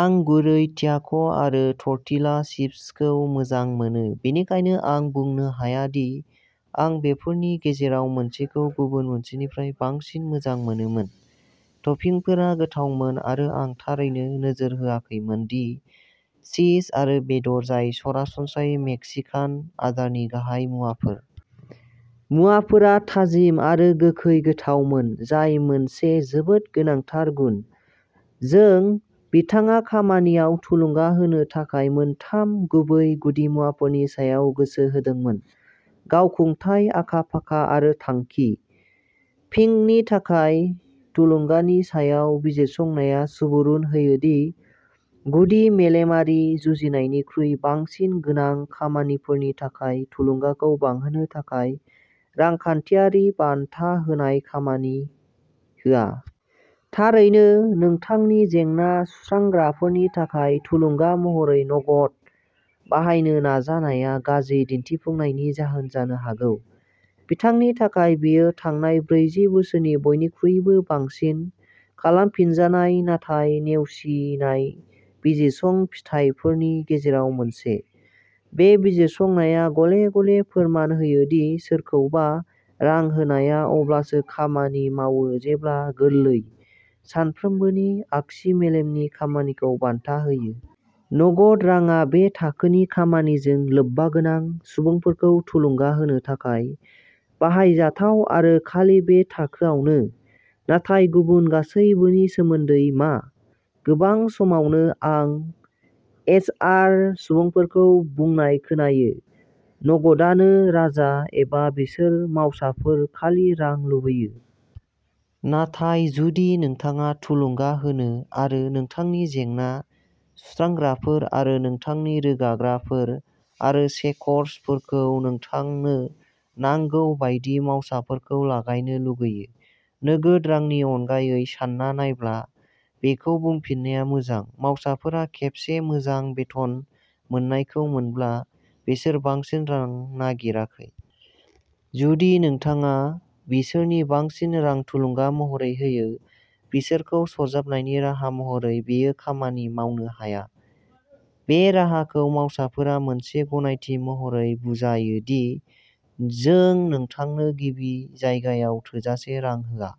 आं गुरै ट्याक'आरो टर्टिला चिप्सखौ मोजां मोनो, बेनिखायनो आं बुंनो हाया दि आं बेफोरनि गेजेराव मोनसेखौ गुबुन मोनसेनिफ्राय बांसिन मोजां मोनोमोन। टपिंफोरा गोथावमोन आरो आं थारैनो नोजोर होआखैमोन दि चीज आरो बेदर जाय सरासनस्रायै मेक्सिकान आदारनि गाहाय मुवाफोर। मुवाफोरा थाजिम आरो गोखै गोथावमोन जाय मोनसे जोबोद गोनांथार गुन। जों, बिथाङा खामानियाव थुलुंगा होनो थाखाय मोनथाम गुबै गुदिमुवाफोरनि सायाव गोसो होदोंमोनः गावखुंथाय, आखा-फाखा आरो थांखि। पिंकनि थाखाय, थुलुंगानि सायाव बिजिरसंनाया सुबुरुन होयो दि, गुदि मेलेमारि जुजिनायनिख्रुइ बांसिन गोनां खामानिफोरनि थाखाय, थुलुंगाखौ बांहोनो थाखाय रांखान्थियारि बान्था होनाय खामानि होआ। थारैनो, नोंथांनि जेंना-सुस्रांग्राफोरनि थाखाय थुलुंगा महरै नगद बाहायनो नाजानाया गाज्रि दिन्थिफुंनायनि जाहोन जानो हागौ। बिथांनि थाखाय, बेयो थांनाय ब्रैजि बोसोरनि बयनिख्रुइबो बांसिन खालामफिनजानाय नाथाय नेवसिनाय बिजिरसं फिथाइफोरनि गेजेराव मोनसे। बे बिजिरसंनाया गले-गले फोरमान होयो दि सोरखौबा रां होनाया अब्लासो खामानि मावो जेब्ला गोरलै, सानफ्रोमबोनि आगसि-मेलेमनि खामानिखौ बान्था होयो। नगद रांआ बे थाखोनि खामानिजों लोब्बागोनां सुबुंफोरखौ थुलुंगा होनो थाखाय बाहायजाथाव आरो खालि बे थाखोआवनो। नाथाय गुबुन गासैबोनि सोमोन्दै मा? गोबां समावनो आं एचआर सुबुंफोरखौ बुंनाय खोनायोः'नगदानो राजा'; एबाः'बिसोर मावसाफोर खालि रां लुबैयो! 'नाथाय जुदि नोंथाङा थुलुंगा होनो आरो नोंथांनि जेंना-सुस्रांग्राफोर आरो नोंथांनि रोगाग्राफोर आरो शेकर्सफोरखौ नोंथांनो नांगौ बायदि मावसाफोरखौ लागायनो लुगैयो। नोगोद रांनि अनगायै सानना नायब्ला। बेखौ बुंफिननाया मोजांः मावसाफोरा खेबसे मोजां बेथन मोननायखौ मोनब्ला, बिसोर बांसिन रां नागिराखै। जुदि नोंथाङा बिसोरखौ बांसिन रां थुलुंगा महरै होयो-बिसोरखौ सरजाबनायनि राहा महरै, बेयो खामानि मावनो हाया। बे राहाखौ मावसाफोरा मोनसे गनायथि महरै बुजायो दिः जों नोंथांनो गिबि जायगायाव थोजासे रां होआ।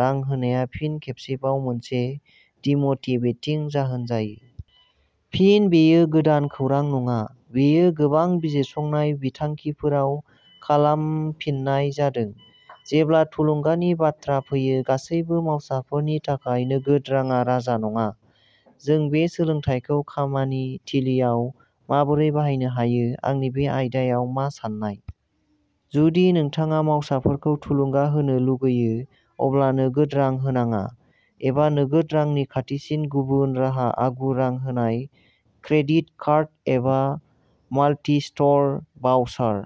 रां होनाया फिन खेबसेबाव मोनसे डिम'टिभेटिं जाहोन जायो। फिन, बेयो गोदान खौरां नङाः बेखौ गोबां बिजिरसंनाय बिथांखिफोराव खालामफिननाय जादों। जेब्ला थुलुंगानि बाथ्रा फैयो, गासैबो मावसाफोरनि थाखाय नोगोद रांआ राजा नङा। जों बे सोलोंथायखौ खामानि थिलिआव माबोरै बाहायनो हायो? आंनि बे आयदायाव मा साननाय? जुदि नोंथाङा मावसाफोरखौ थुलुंगा होनो लुगैयो अब्ला नोगोद रां होनाङा, एबा नोगोद रांनि खाथिसिन गुबुन राहा-आगु-रां होनाय क्रेडिट कार्ड एबा माल्टिस्ट'र भाउचार।